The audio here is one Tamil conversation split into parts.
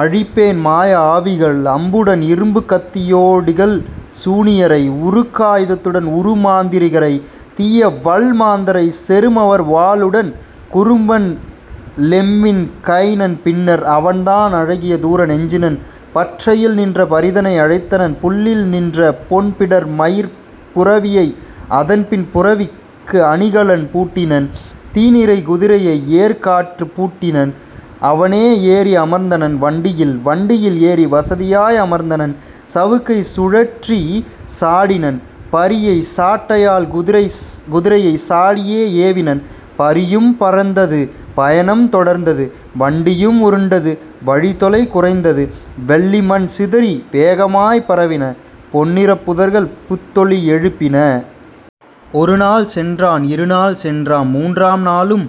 அழிப்பேன் மாய ஆவிகள் அம்புடன் இரும்புக் கத்தியோ டிகல்சூ னியரை உருக்கா யுதத்துடன் உறுமாந் திரிகரை தீயவல் மாந்தரைச் செறுமவர் வாளுடன்! " குறும்பன் லெம்மின் கைனன் பின்னர் அவன்தான் அழகிய தூர நெஞ்சினன் பற்றையில் நின்ற பரிதனை அழைத்தனன் புல்லில் நின்றபொன் பிடர்மயிர்ப் புரவியை அதன்பின் புரவிக் கணிகலன் பூட்டினன் தீநிறக் குதிரையை ஏர்க்காற் பூட்டினன் அவனே ஏறி அமர்ந்தனன் வண்டியில் வண்டியில் ஏறி வசதியா யமர்ந்தனன் சவுக்கைச் சுழற்றிச் சாடினன் பரியை சாட்டையால் குதிரையை சாடியே ஏவினன்; பரியும் பறந்தது பயணம் தொடர்ந்தது வண்டியும் உருண்டது வழித்தொலை குறைந்தது வெள்ளிமண் சிதறி வேகமாய்ப் பரவின பொன்னிறப் புதர்கள் புத்தொலி யெழுப்பின. ஒருநாள் சென்றான் இருநாள் சென்றான் மூன்றாம் நாளும்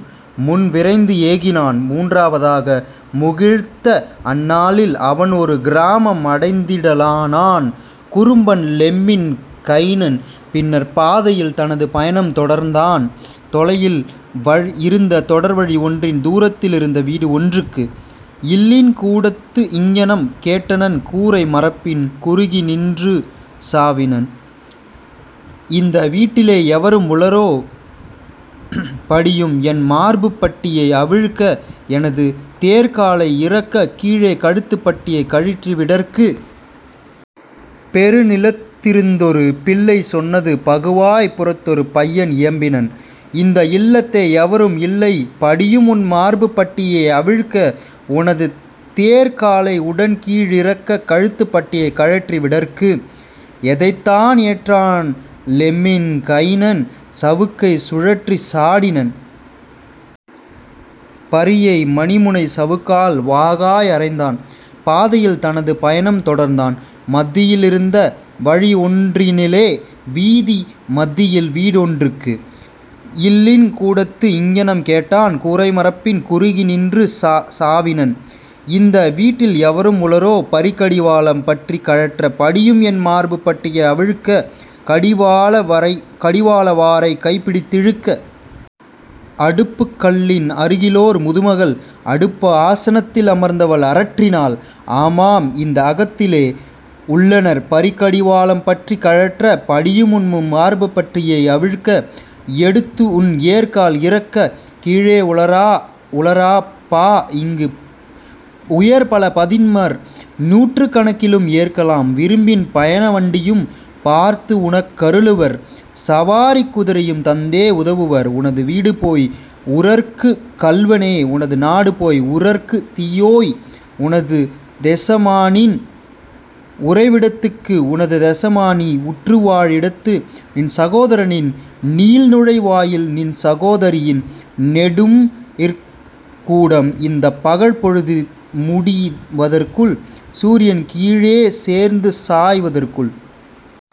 முன்விரைந் தேகினான் மூன்றாவ தாக முகிழ்த்தஅந் நாளில் அவன்ஒரு கிராமம் அடைந்திட லானான். குறும்பன் லெம்மின் கைனன் பின்னர் பாதையில் தனது பயணம் தொடர்ந்தான் தொலையில் இருந்த தொடர்வழி ஒன்றின் தூரத்தில் இருந்த வீடு ஒன்றுக்கு; இல்லின் கூடத் திங்ஙனம் கேட்டனன் கூரை மரப்பின் குறுகிநின் றுசாவினன்: "இந்த வீட்டிலே எவரும் உளரோ படியும்என் மார்புப் பட்டியை அவிழ்க்க எனதேர்க் காலை இறக்கக் கீழே கழுத்துப் பட்டியைக் கழற்றி விடற்கு? " பெருநிலத் திருந்தொரு பிள்ளை சொன்னது பகுவாய்ப் புறத்தொரு பையன் இயம்பினன்: "இந்தஇல் லத்தே எவருமே இல்லை படியும்உன் மார்புப் பட்டியே அவிழ்க்க உனதேர்க் காலை உடன்கீழ் இறக்க கழுத்துப் பட்டியைக் கழற்றி விடற்கு. " எதைத்தான் ஏற்றான் லெம்மின் கைனன் சவுக்கைச் சுழற்றிச் சாடினன் பரியை மணிமுனைச் சவுக்கால் வாகாய் அறைந்தான் பாதையில் தனது பயணம் தொடர்ந்தான் மத்தியில் இருந்த வழியொன் றினிலே வீதி மத்தியில் வீடொன் றுக்கு; இல்லின் கூடத் திங்ஙனம் கேட்டான் கூரை மரப்பின் குறுகிநின் றுசாவினன்: "இந்த வீட்டில் எவரும் உளரோ பரிக்கடி வாளம் பற்றிக் கழற்ற படியும்என் மார்புப் பட்டியை அவிழ்க்க கடிவாள வாரைக் கைப்பிடித் திழுக்க? " அடுப்புக் கல்லின் அருகிலோர் முதுமகள் அடுப்பா சனத்தில் அமர்ந்தவள் அரற்றினாள்: "ஆமாம், இந்த அகத்திலே உள்ளனர் பரிக்கடி வாளம் பற்றிக் கழற்ற படியும்உன் மார்புப் பட்டியை அவிழ்க்க எடுத்துன் ஏர்க்கால் இறக்கக் கீழே உளரப் பாஇங் உயர்பல பதின்மர் நூற்றுக் கணக்கிலும் ஏற்கலாம் விரும்பின் பயண வண்டியும் பார்த்துனக் கருளுவர் சவாரிக் குதிரையும் தந்தே உதவுவர் உனது வீடுபோய் உறற்குக் கள்வனே உனது நாடுபோய் உறற்குத் தீயோய் உனதுதெச மானனின் உறைவிடத் துக்கு உனதெச மானி உற்றுவா ழிடத்து நின்சகோ தரனின் நீள்நுழை வாயில் நின்சகோ தரியின் நெடும்இற் கூடம் இந்தப் பகற்பொழு திதுமுடி தற்குள் சூரியன் கீழே சோர்ந்துசாய் வதற்குள்.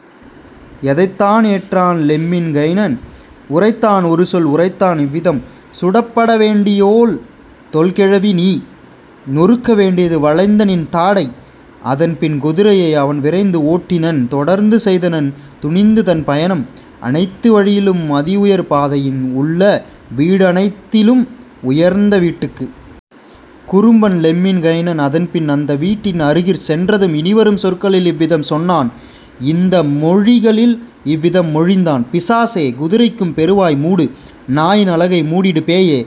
" எதைத்தான் ஏற்றான் லெம்மின் கைனன் உரைத்தான் ஒருசொல் உரைத்தான் இவ்விதம்: "சுடப்பட வேண்டியோள், தொல்கிழ விநீ! நொருக்கவேண் டியது வளைந்தநின் தாடை. " அதன்பின் குதிரையை அவன்விரைந் தோட்டினன் தொடர்ந்து செய்தனன் துணிந்துதன் பயணம் அனைத்து வழியிலும் அதிஉயர் பாதையின் உள்ளவீ டனைத்திலும் உயர்ந்தவீட் டுக்கு. குறும்பன் லெம்மின் கைனன் அதன்பின் அந்த வீட்டின் அருகிற் சென்றதும் இனிவரும் சொற்களில் இவ்விதம் சொன்னான் இந்த மொழிகளில் இவ்விதம் மொழிந்தான்: "பிசாசே, குரைக்கும் பெருவாய் மூடு! நாயின் அலகை மூடிடு பேயே!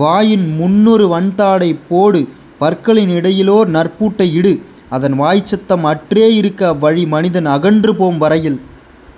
வாயின் முன்னொரு வன்தடை போடு பற்களின் இடையிலோர் நற்பூட் டையிடு அதன்வாய்ச் சத்தம் அற்றே இருக்க அவ்வழி மனிதன் அகன்றுபோம் வரையில்.